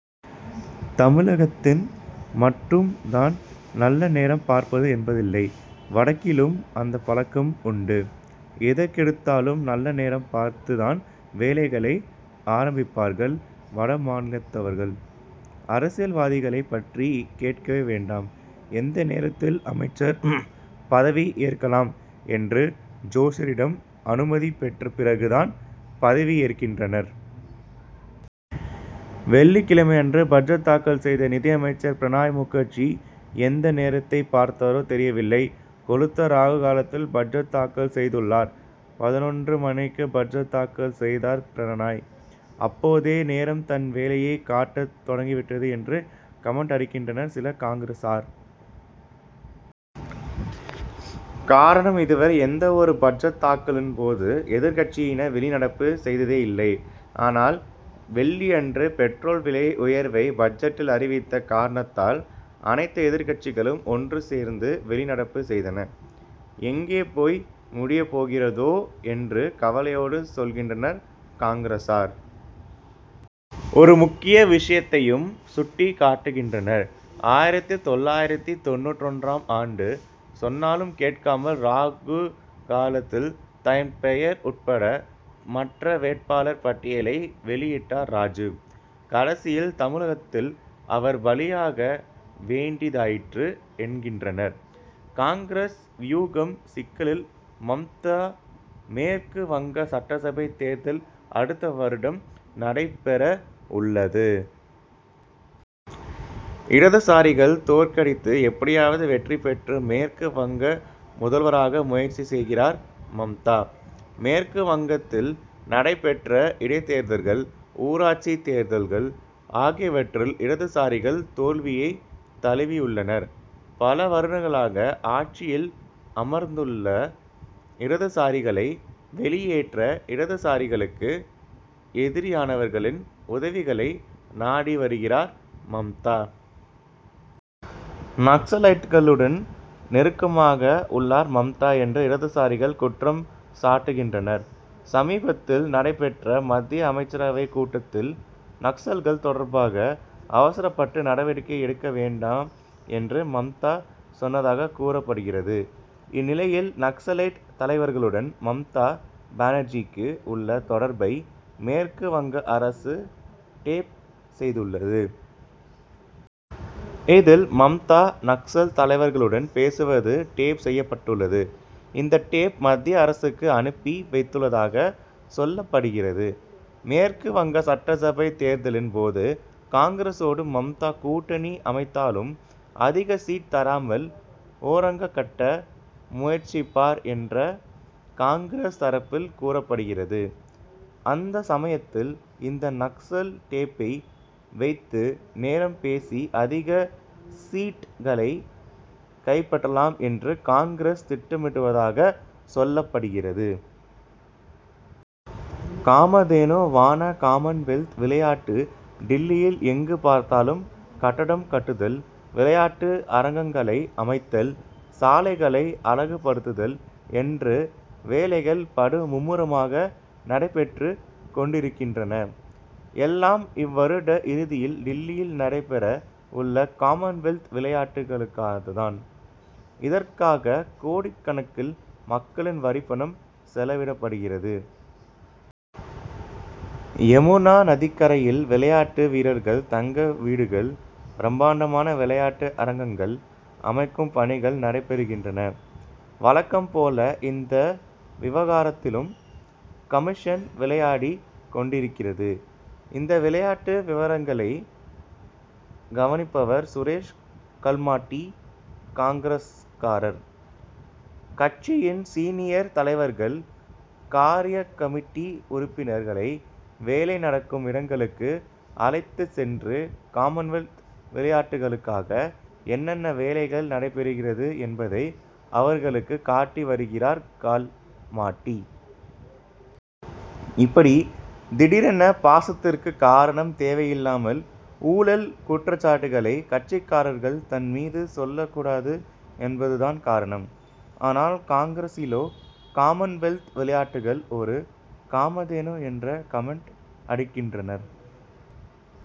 தமிழகத்தில் மட்டும் தான் நல்ல நேரம் பார்ப்பது என்பதில்லை. வடக்கிலும் அந்தப் பழக்கம் உண்டு. எதற்கெடுத்தாலும் நல்ல நேரம் பார்த்து தான் வேலைகளை ஆரம்பிப்பார்கள் வட மாநிலத்தவர்கள். அரசியல்வாதிகளைப் பற்றி கேட்கவே வேண்டாம். எந்த நேரத்தில் அமைச்சர் பதவி ஏற்கலாம் என்று ஜோசியரிடம் அனுமதி பெற்ற பிறகு தான் பதவியேற்கின்றனர். வெள்ளிக்கிழமையன்று பட்ஜெட் தாக்கல் செய்த நிதியமைச்சர் பிரணாப் முகர்ஜி எந்த நேரத்தைப் பார்த்தாரோ தெரியவில்லை. கொழுத்த ராகு காலத்தில் பட்ஜெட் தாக்கல் செய்துள்ளார். பதினொன்று மணிக்கு பட்ஜெட் தாக்கல் செய்தார் பிரணாப். 'அப்போதே நேரம் தன் வேலையைக் காட்டத் தொடங்கிவிட்டது என்று கமென்ட் அடிக்கின்றனர் சில காங்கிரசார். காரணம், இதுவரை எந்த ஒரு பட்ஜெட் தாக்கலின் போதும் எதிர்க்கட்சியினர் வெளிநடப்பு செய்ததே இல்லை. ஆனால், வெள்ளியன்று பெட்ரோல் விலை உயர்வை பட்ஜெட்டில் அறிவித்த காரணத்தால், அனைத்து எதிர்க்கட்சிகளும் ஒன்று சேர்ந்து வெளிநடப்பு செய்தன. எங்கே போய் முடியப் போகிறதோ என்று கவலையோடு சொல்கின்றனர் காங்கிரசார். ஒரு முக்கிய விஷயத்தையும் சுட்டிக் காட்டுகின்றனர். ஆயிரத்து தொள்ளாயிரத்து தொண்ணூற்றொன்றாம் ஆண்டு சொன்னாலும் கேட்காமல் ராகுகாலத்தில் தன் பெயர் உட்பட மற்ற வேட் பாளர் பட்டியலை வெளியிட்டார் ராஜிவ். கடைசியில் தமிழகத்தில் அவர் பலியாக வேண்டியதாயிற்று என்கின்றனர். காங்கிரஸ் வியூகம் சிக்கலில் மம்தா மேற்கு வங்க சட்டசபை தேர்தல் அடுத்த வருடம் நடைபெற உள்ளது. இடதுசாரிகள் தோற்கடித்து எப்படியாவது வெற்றி பெற்று மேற்கு வங்க முதல்வராக முயற்சி செய்கிறார் மம்தா. மேற்கு வங்கத் தில் நடைபெற்ற இடைத்தேர்தல்கள், ஊராட்சி தேர்தல்கள் ஆகியவற்றில் இடதுசாரிகள் தோல்வியைத் தழுவியுள்ளனர். பல வருடங்களாக ஆட்சியில் அமர்ந்துள்ள இடதுசாரிகளை வெளியேற்ற இடதுசாரிகளுக்கு எதிரானவர்களின் உதவிகளை நாடி வருகிறார் மம்தா. நக்சலைட்களுடன் நெருக்கமாக உள்ளார் மம்தா என்று இடதுசாரிகள் குற்றம் சாட்டுகின்றனர். சமீபத்தில் நடைபெற்ற மத்திய அமைச்சரவைக் கூட்டத்தில், நக்சல்கள் தொடர்பாக அவசரப்பட்டு நடவடிக்கை எடுக்க வேண்டாம் என்று மம்தா சொன்னதாகக் கூறப்படுகிறது. இந்நிலையில், நக்சலைட் தலைவர்களுடன் மம்தா பானர்ஜிக்கு உள்ள தொடர்பை மேற்கு வங்க அரசு டேப் செய்துள்ளது. இதில், மம்தா- நக்சல் தலைவர்களுடன் பேசுவது டேப் செய்யப்பட்டுள்ளது. இந்த டேப் மத்திய அரசுக்கு அனுப்பி வைத்துள்ளதாகச் சொல்லப்படுகிறது. மேற்கு வங்க சட்டசபை தேர்தலின் போது காங்கிரசோடு மம்தா கூட்டணி அமைத்தாலும் அதிக சீட் தராமல் ஓரங்கட்ட முயற்சிப்பார் என்று காங்கிரஸ் தரப்பில் கூறப்படுகிறது. அந்த சமயத்தில் இந்த நக்சல் டேப்பை வைத்து பேரம் பேசி அதிக சீட்களை கைப்பற்றலாம் என்று காங்கிரஸ் திட்டமிடுவதாக சொல்லப்படுகிறது. காமதேனுவானகாமன்வெல்த் விளையாட்டு டில்லியில் எங்கு பார்த்தாலும் கட்டடம் கட்டுதல், விளையாட்டு அரங்கங் களை அமைத்தல், சாலைகளை அழகு படுத்துதல் என்று வேலைகள் படு மும்முரமாக நடைபெற்றுக் கொண்டிருக்கின்றன. எல்லாம் இவ்வருட இறுதியில் டில்லியில் நடைபெற உள்ள காமன்வெல்த் விளையாட்டுகளுக்காகத்தான். இதற்காக கோடிக்கணக்கில் மக்களின் வரிப்பணம் செலவிடப்படுகிறது. யமுனா நதிக்கரையில் விளையாட்டு வீரர்கள் தங்க வீடுகள், பிரம்மாண்டமான விளையாட்டு அரங்கங்கள் அமைக்கும் பணிகள் நடைபெறுகின்றன. வழக்கம் போல, இந்த விவகாரத்திலும் கமிஷன் விளையாடிக் கொண்டிருக்கிறது. இந்த விளையாட்டு விவரங்களை கவனிப்பவர் சுரேஷ் கல்மாடி, காங்கிரஸ்காரர். கட்சியின் சீனியர் தலைவர்கள் காரியக்கமிட்டி உறுப்பினர் களை வேலை நடக்கும் இடங்களுக்கு அழைத்துச் சென்று காமன்வெல்த் விளையாட்டுகளுக்காக என்னென்ன வேலைகள் நடைபெறுகிறது என்பதை அவர்களுக்கு காட்டி வருகிறார் கல்மாடி. இப்படி திடீரென பாசத்திற்குக் காரணம், தேவையில்லாமல் ஊழல் குற்றச்சாட்டுகளை கட்சிக்காரர்கள் தன் மீது சொல் லக்கூடாது என்பது தான் காரணம். ஆனால், காங்கிரசிலோ, காமன் வெல்த் விளையாட்டுகள், ஒரு காமதேனு என்று கமென்ட் அடிக்கின்றனர்.